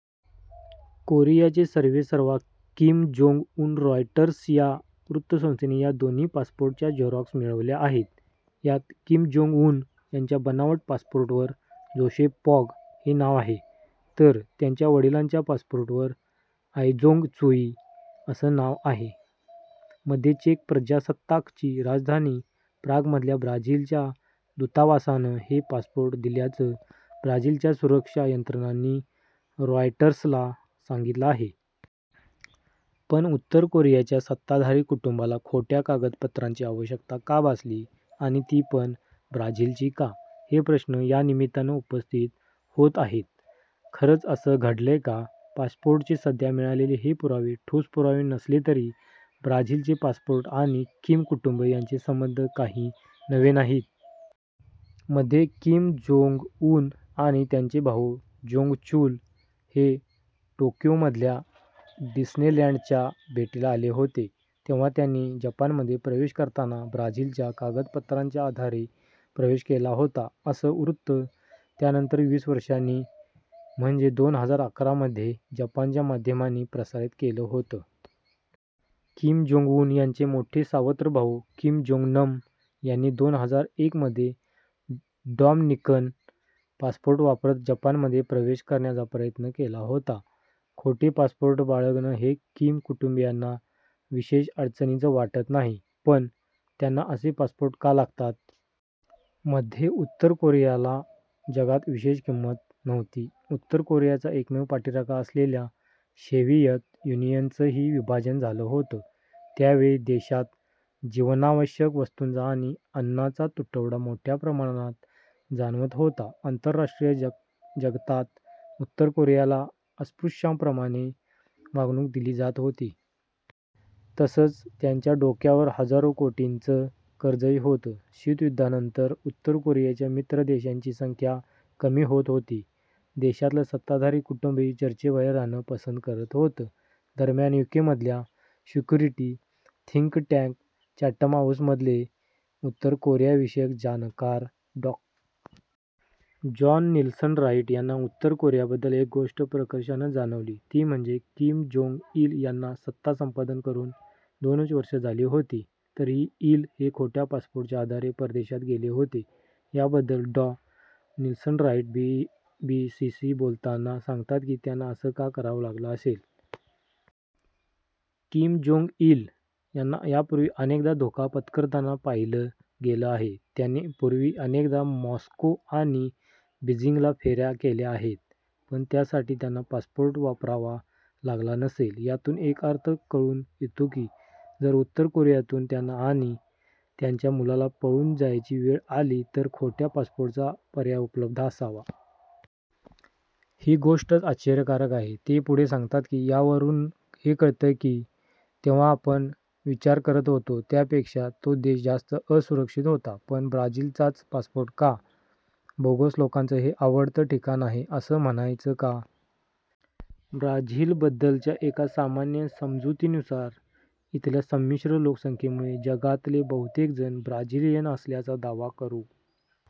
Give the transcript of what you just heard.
कोरियाचे सर्वेसर्वा Kim Jong Un Reuters या वृत्तसंस्थेनं या दोन्ही पासपोर्टच्या झेरॉक्स मिळवल्या आहेत. यात किम-जोंग-उन यांच्या बनावट पासपोर्टवर 'जोसेफ पॉग' हे नाव आहे. तर, त्यांच्या वडिलांच्या पासपोर्टवर 'आयजोंग चोई' असं नाव आहे. मध्ये चेक प्रजासत्ताकची राजधानी प्रागमधल्या ब्राझीलच्या दूतावासानं हे पासपोर्ट दिल्याचं ब्राझीलच्या सुरक्षा यंत्रणांनी रॉयटर्सला सांगितलं आहे. पण, उत्तर कोरियाच्या सत्ताधारी कुटुंबाला खोट्या कागदपत्रांची आवश्यकता का भासली आणि ती पण, ब्राझीलची का? हे प्रश्न यानिमित्तानं उपस्थित होत आहेत. खरंच असं घडलंय का? पासपोर्टचे सध्या मिळालेले हे पुरावे ठोस पुरावे नसले तरी, ब्राझीलचे पासपोर्ट आणि किम कुटुंब यांचे संबंध काही नवे नाहीत. मध्ये किम-जोंग-उन आणि त्यांचे भाऊ जोंग-चुल हे टोकियोमधल्या डिस्नेलँडच्या भेटीला आले होते. तेव्हा त्यांनी जपानमध्ये प्रवेश करताना ब्राझीलच्या कागदपत्रांच्या आधारे प्रवेश केला होता असं वृत्त त्यानंतर वीस वर्षांनी म्हणजे दोन हजार अकरा मध्ये जपानच्या माध्यमांनी प्रसारीत केलं होतं. किम-जोंग-उन यांचे मोठे सावत्र भाऊ किम-जोंग-नम यांनी दोन हजार एक मध्ये डॉमनिकन पासपोर्ट वापरत जपानमध्ये प्रवेश करण्याचा प्रयत्न केला होता. खोटे पासपोर्ट बाळगणं हे किम कुटुंबीयांना विशेष अडचणीचं वाटत नाही. पण, त्यांना असे पासपोर्ट का लागतात? मध्ये उत्तर कोरियाला जगात विशेष किंमत नव्हती. उत्तर कोरियाचा एकमेव पाठीराखा असलेल्या सोव्हिएत युनियनचंही विभाजन झालं होतं. त्यावेळी देशात जीवनावश्यक वस्तूंचा आणि अन्नाचा तुटवडा मोठ्या प्रमाणात जाणवत होता. आंतरराष्ट्रीय जगतात उत्तर कोरियाला अस्पृश्यांप्रमाणे वागणूक दिली जात होती. तसंच, त्यांच्या डोक्यावर हजारो कोटींचं कर्जही होतं. शीत युद्धानंतर उत्तर कोरियाच्या मित्र देशांची संख्या कमी होत होती. देशातलं सत्ताधारी कुटुंबही चर्चेबाहेर राहणं पसंत करत होतं. दरम्यान, यूकेमधल्या सिक्युरिटी थिंक टँक 'चॅटम हाऊस'मधले उत्तर कोरियाविषयक जाणकार डॉ. जॉन निल्सन-राईट यांना उत्तर कोरियाबद्दल एक गोष्ट प्रकर्षानं जाणवली. ती म्हणजे, किम-जोंग-इल यांना सत्ता संपादन करून दोनच वर्षं झाली होती. तरीही इल हे खोट्या पासपोर्टच्या आधारे परदेशात गेले होते. याबद्दल डॉ. निल्सन-राईट बीबीसीशी बोलताना सांगतात की त्यांना असं का करावं लागलं असेल? किम-जोंग-इल यांना यापूर्वी अनेकदा धोका पत्करताना पाहिलं गेलं आहे. त्यांनी पूर्वी अनेकदा मॉस्को आणि बिजिंगला फेऱ्या केल्या आहेत. पण त्यासाठी त्यांना पासपोर्ट वापरावा लागला नसेल. यातून एक अर्थ कळून येतो की, जर उत्तर कोरियातून त्यांना आणि त्यांच्या मुलाला पळून जायची वेळ आली तर खोट्या पासपोर्टचा पर्याय उपलब्ध असावा. ही गोष्टच आश्चर्यकारक आहे. ते पुढे सांगतात की, यावरून हे कळतं की, तेव्हा आपण विचार करत होतो त्यापेक्षा तो देश जास्त असुरक्षित होता. पण ब्राझीलचाच पासपोर्ट का? बोगस लोकांचं हे आवडतं ठिकाण आहे असं म्हणायचं का? ब्राझीलबद्दलच्या एका सामान्य समजुतीनुसार, इथल्या संमिश्र लोकसंख्येमुळे जगातले बहुतेक जण ब्राझिलियन असल्याचा दावा करू